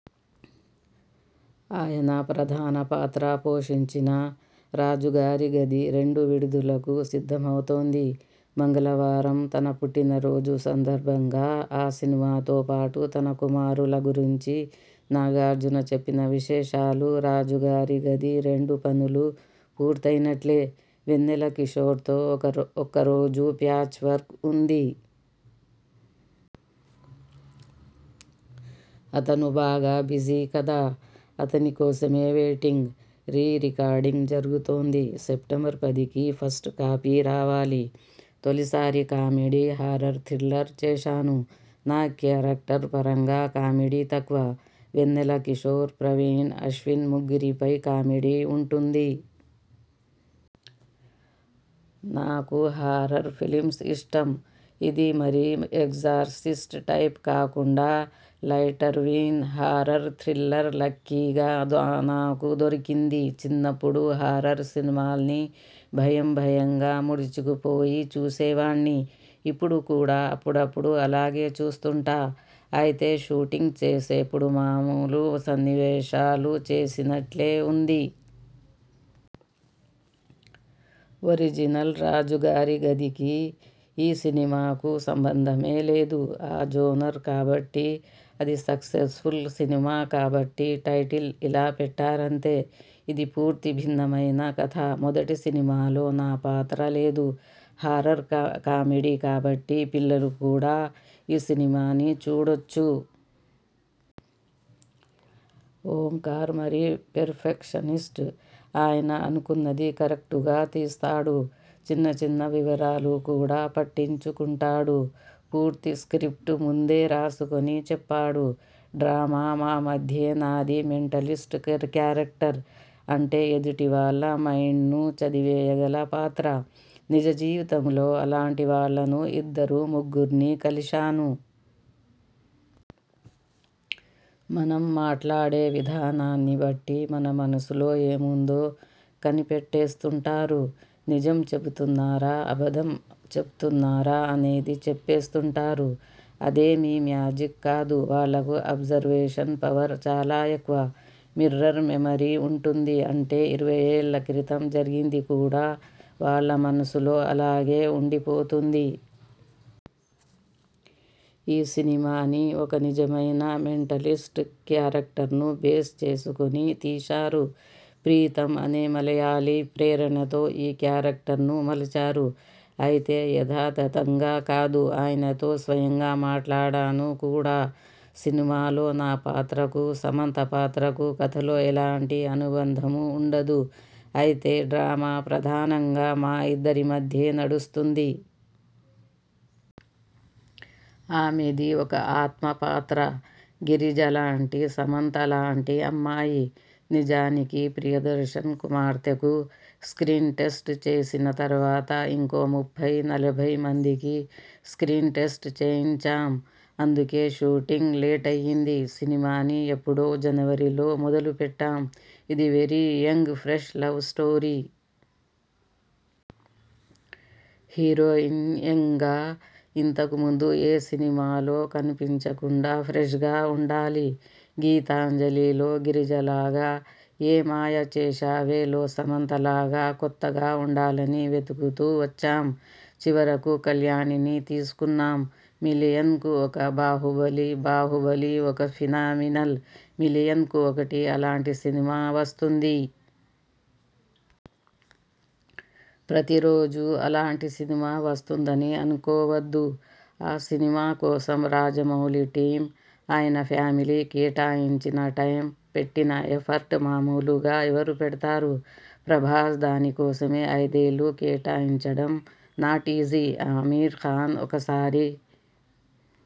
ఆయన ప్రధాన పాత్ర పోషించిన రాజుగారి గది రెండు విడుదలకు సిద్ధమవుతోంది. మంగళవారం తన పుట్టినరోజు సందర్భంగా ఆ సినిమాతో పాటు తన కుమారుల గురించి నాగార్జున చెప్పిన విశేషాలు రాజుగారి గది రెండు పనులు పూర్తయినట్లే. వెన్నెల కిశోర్తో ఒక్క రోజు ప్యాచ్వర్క్ ఉంది. అతను బాగా బిజీ కదా! అతని కోసమే వెయిటింగ్. రీ రికార్డింగ్ జరుగుతోంది. సెప్టెంబర్ పదికి ఫస్ట్ కాపీ రావాలి. తొలిసారి కామెడీ హారర్ థ్రిల్లర్ చేశాను. నా కేరక్టర్ పరంగా కామెడీ తక్కువ. వెన్నెల కిశోర్, ప్రవీణ్, అశ్విన్ ముగ్గురి పై కామెడీ ఉంటుంది. నాకు హారర్ ఫిలిమ్స్ ఇష్టం. ఇది మరీ 'ఎగ్జార్సిస్ట్' టైప్ కాకుండా, లైటర్వీన్ హారర్ థ్రిల్లర్ లక్కీ గా నాకు దొరికింది. చిన్నప్పుడు హారర్ సినిమాల్ని భయం భయంగా ముడుచుకుపోయి చూసేవాణ్ని. ఇప్పుడు కూడా అప్పుడప్పుడు అలాగే చూస్తుంటా. అయితే షూటింగ్ చేసేప్పుడు మామూలు సన్నివేశాలు చేసినట్లే ఉంది. ఒరిజినల్ 'రాజుగారి గది'కీ, ఈ సినిమాకూ సంబంధమే లేదు. ఆ జోనర్ కాబట్టి, అది సక్సెస్ఫుల్ సినిమా కాబట్టి.. టైటిల్ ఇలా పెట్టారంతే. ఇది పూర్తి భిన్నమైన కథ. మొదటి సినిమాలో నా పాత్ర లేదు. హారర్ కామెడీ కాబట్టి పిల్లలు కూడా ఈ సినిమాని చూడొచ్చు. ఓంకార్ మరీ పెర్ఫెక్షనిస్ట్. ఆయన అనుకున్నది కరెక్టుగా తీస్తాడు. చిన్న చిన్న వివరాలు కూడా పట్టించుకుంటాడు. పూర్తి స్ర్కిప్టు ముందే రాసుకొని చెప్పాడు. డ్రామా మా మధ్యేనాది మెంటలిస్ట్ క్యారెక్టర్. అంటే ఎదుటివాళ్ల మైండ్ను చదివేయగల పాత్ర. నిజ జీవితంలో అలాంటి వాళ్లను ఇద్దరు ముగ్గుర్ని కలిశాను. మనం మాట్లాడే విధానాన్ని బట్టి మన మనసులో ఏముందో కనిపెట్టేస్తుంటారు. నిజం చెబుతున్నారా, అబద్ధం చెబుతున్నారా అనేది చెప్పేస్తుంటారు. అదేమీ మ్యాజిక్ కాదు. వాళ్లకు అబ్జర్వేషన్ పవర్ చాలా ఎక్కువ. మిర్రర్ మెమరీ ఉంటుంది. అంటే ఇరవై ఏళ్ల క్రితం జరిగింది కూడా వాళ్ల మనసులో అలాగే ఉండిపోతుంది. ఈ సినిమాని ఒక నిజమైన మెంటలిస్ట్ కేరక్టర్ను బేస్ చేసుకొని తీశారు. ప్రీతమ్ అనే మలయాళీ ప్రేరణతో ఈ క్యారెక్టర్ను మలచారు. అయితే యథాతథంగా కాదు. ఆయనతో స్వయంగా మాట్లాడాను కూడా. సినిమాలో నా పాత్రకూ, సమంత పాత్రకూ కథలో ఎలాంటి అనుబంధమూ ఉండదు. అయితే డ్రామా ప్రధానంగా మా ఇద్దరి మధ్యే నడుస్తుంది. ఆమెది ఒక ఆత్మ పాత్ర. గిరిజ లాంటి సమంత లాంటి అమ్మాయి! నిజానికి ప్రియదర్శన్ కుమార్తెకు స్క్రీన్ టెస్ట్ చేసిన తర్వాత ఇంకో ముప్పై, నలభై మందికి స్క్రీన్ టెస్ట్ చేయించాం. అందుకే షూటింగ్ లేటయ్యింది. సినిమాని ఎప్పుడో జనవరి లో మొదలు పెట్టాం. ఇది very young fresh love story. Heroine యంగ్గా, ఇంతకు ముందు ఏ సినిమాలో కనిపించకుండా ఫ్రెష్గా ఉండాలి. 'గీతాంజలి'లో గిరిజలాగా, 'ఏ మాయ చేశావే'లో సమంత లాగా కొత్తగా ఉండాలని వెతుకుతూ వచ్చాం. చివరకు కల్యాణిని తీసుకున్నాం. మిలియన్కు ఒక 'బాహుబలి''బాహుబలి' ఒక ఫినామినల్! మిలియన్కు ఒకటి అలాంటి సినిమా వస్తుంది. ప్రతి రోజూ అలాంటి సినిమా వస్తుందని అనుకోవద్దు. ఆ సినిమా కోసం రాజమౌళి టీమ్, ఆయన ఫ్యామిలీ కేటాయించిన టైమ్, పెట్టిన ఎఫర్ట్ మామూలుగా ఎవరు పెడతారు! ప్రభాస్ దాని కోసమే ఐదేళ్లు కేటాయించడం నాట్ ఈజీ. అమీర్ఖాన్ ఒకసారి